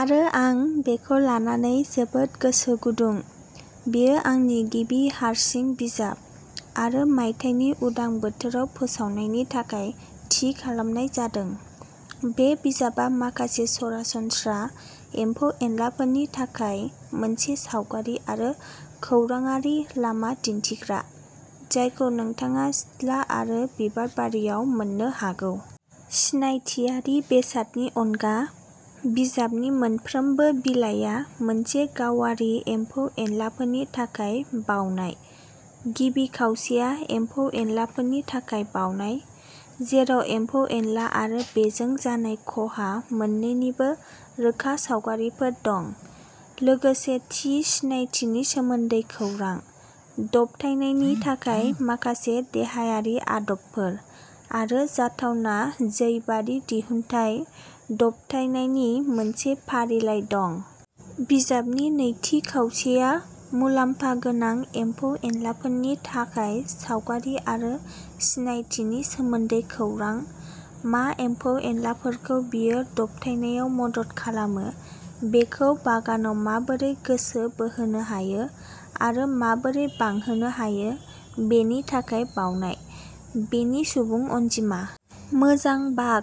आरो आं बेखौ लानानै जोबोद गोसो गुदुं बेयो आंनि गिबि हारसिं बिजाब आरो मायथाइनि उदां बोथोराव फोसावनायनि थाखाय थि खालामनाय जादों। बे बिजाबआ माखासे सरासनस्रा एम्फौ-एनलाफोरनि थाखाय मोनसे सावगारि आरो खौरांआरि लामा दिन्थिग्रा, जायखौ नोंथाङा सिथ्ला आरो बिबारबारियाव मोन्नो हागौ। सिनायथियारि बेसादनि अनगा, बिजाबनि मोनफ्रोमबो बिलाइया मोनसे गावारि एम्फौ-एनलाफोरनि थाखाय बावनाय। गिबि खावसेया एम्फौ-एनलाफोरनि थाखाय बावनाय, जेराव एम्फौ-एनला आरो बेजों जानाय खहा मोन्नैनिबो रोखा सावगारिफोर दं, लोगोसे थि सिनायथिनि सोमोन्दै खौरां, दबथायनायनि थाखाय माखासे देहायारि आदबफोर, आरो जाथावना जैबारि दिहुनथाय दबथायनायनि मोनसे फारिलाइ दं। बिजाबनि नैथि खावसेया मुलाम्फा गोनां एम्फौ-एनलाफोरनि थाखाय सावगारि आरो सिनायथिनि सोमोन्दै खौरां, मा एम्फौ-एनलाफोरखौ बियो दबथायनायाव मदद खालामो, बेखौ बागानाव माबोरै गोसो बोहोनो हायो आरो माबोरै बांहोनो हायो, बेनि थाखाय बावनाय। बेनि सुबुं अनजिमा। मोजां बाग,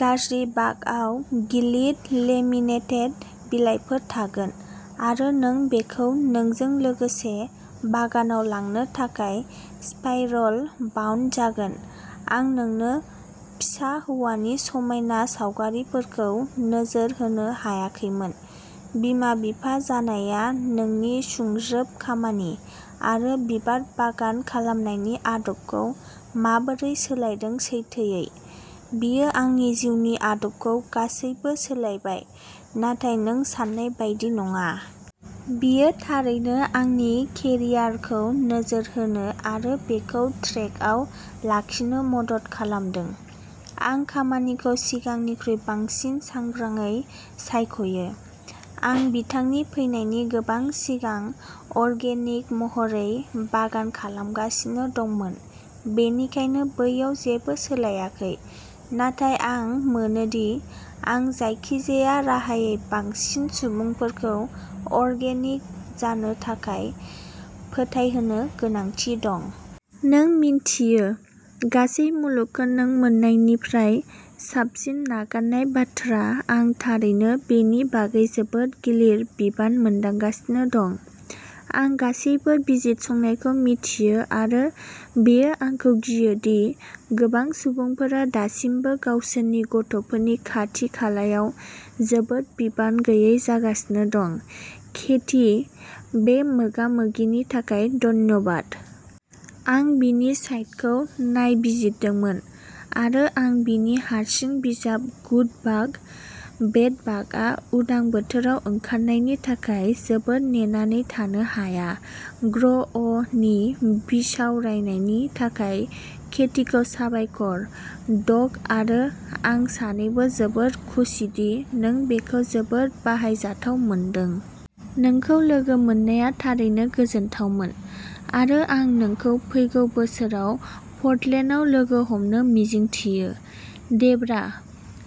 गाज्रि बागआव गिलिर लेमिनेटेड बिलाइफोर थागोन आरो नों बेखौ नोंजों लोगोसे बागानाव लांनो थाखाय स्पाइरल बाउन्ड जागोन। आं नोंनो फिसा हौवानि समायना सावगारिफोरखौ नोजोर होनो हायाखैमोन। बिमा-बिफा जानाया नोंनि सुंज्रोब खामानि आरो बिबार बागान खालामनायनि आदबखौ माबोरै सोलायदों सैथोयै, बियो आंनि जिउनि आदबखौ गासैबो सोलायबाय नाथाय नों सान्नाय बायदि नङा। बियो थारैनो आंनि केरियारखौ नोजोर होनो आरो बेखौ ट्रेकआव लाखिनो मदद खालामदों। आं खामानिखौ सिगांनिख्रुइ बांसिन सांग्राङै सायख'यो। आं बिथांनि फैनायनि गोबां सिगां अर्गेनिक महरै बागान खालामगासिनो दंमोन बेनिखायनो बैयाव जेबो सोलायाखै, नाथाय आं मोनोदि आं जायखिजाया राहायै बांसिन सुबुंफोरखौ अर्गेनिक जानो थाखाय फोथायहोनो गोनांथि दं। नों मिन्थियो, गासै मुलुगखौ नों मोन्नायनिफ्राय साबसिन नागारनाय बाथ्रा आं थारैनो बेनि बागै जोबोद गिलिर बिबान मोनदांगासिनो दं। आं गासिबो बिजिरसंनायखौ मिथियो आरो बियो आंखौ गियो दि गोबां सुबुंफोरा दासिमबो गावसोरनि गथ'फोरनि खाथि-खालायाव जोबोद बिबान गैयै जागासिनो दं केथी, बे मोगा मोगिनि थाखाय धन्यबाद। आं बिनि साइटखौ नायबिजिरदोंमोन आरो आं बिनि हारसिं बिजाब गुड बाग, बेड बागआ उदां बोथोराव ओंखारनायनि थाखाय जोबोद नेनानै थानो हाया ग्रअनि बिसावरायनायनि थाखाय केथीखौ साबायखर डग आरो आं सानैबो जोबोद खुसि दि नों बेखौ जोबोद बाहायजाथाव मोनदों। नोंखौ लोगो मोननाया थारैनो गोजोनथावमोन आरो आं नोंखौ फैगौ बोसोराव पर्टलेन्डआव लोगो हमनो मिजिंथियो। डेब्रा,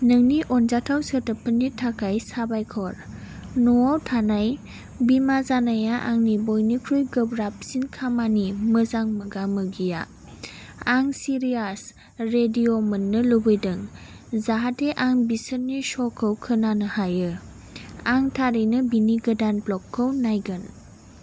नोंनि अनजाथाव सोदोबफोरनि थाखाय साबायखर। न'आव थानाय बिमा जानाया आंनि बयनिख्रुइ गोब्राबसिन खामानि मोजां मोगा-मोगिया। आं सिरियास रेडिय मोन्नो लुबैदों जाहाथे आं बिसोरनि श'खौ खोनानो हायो। आं थारैनो बिनि गोदान ब्लगखौ नायगोन।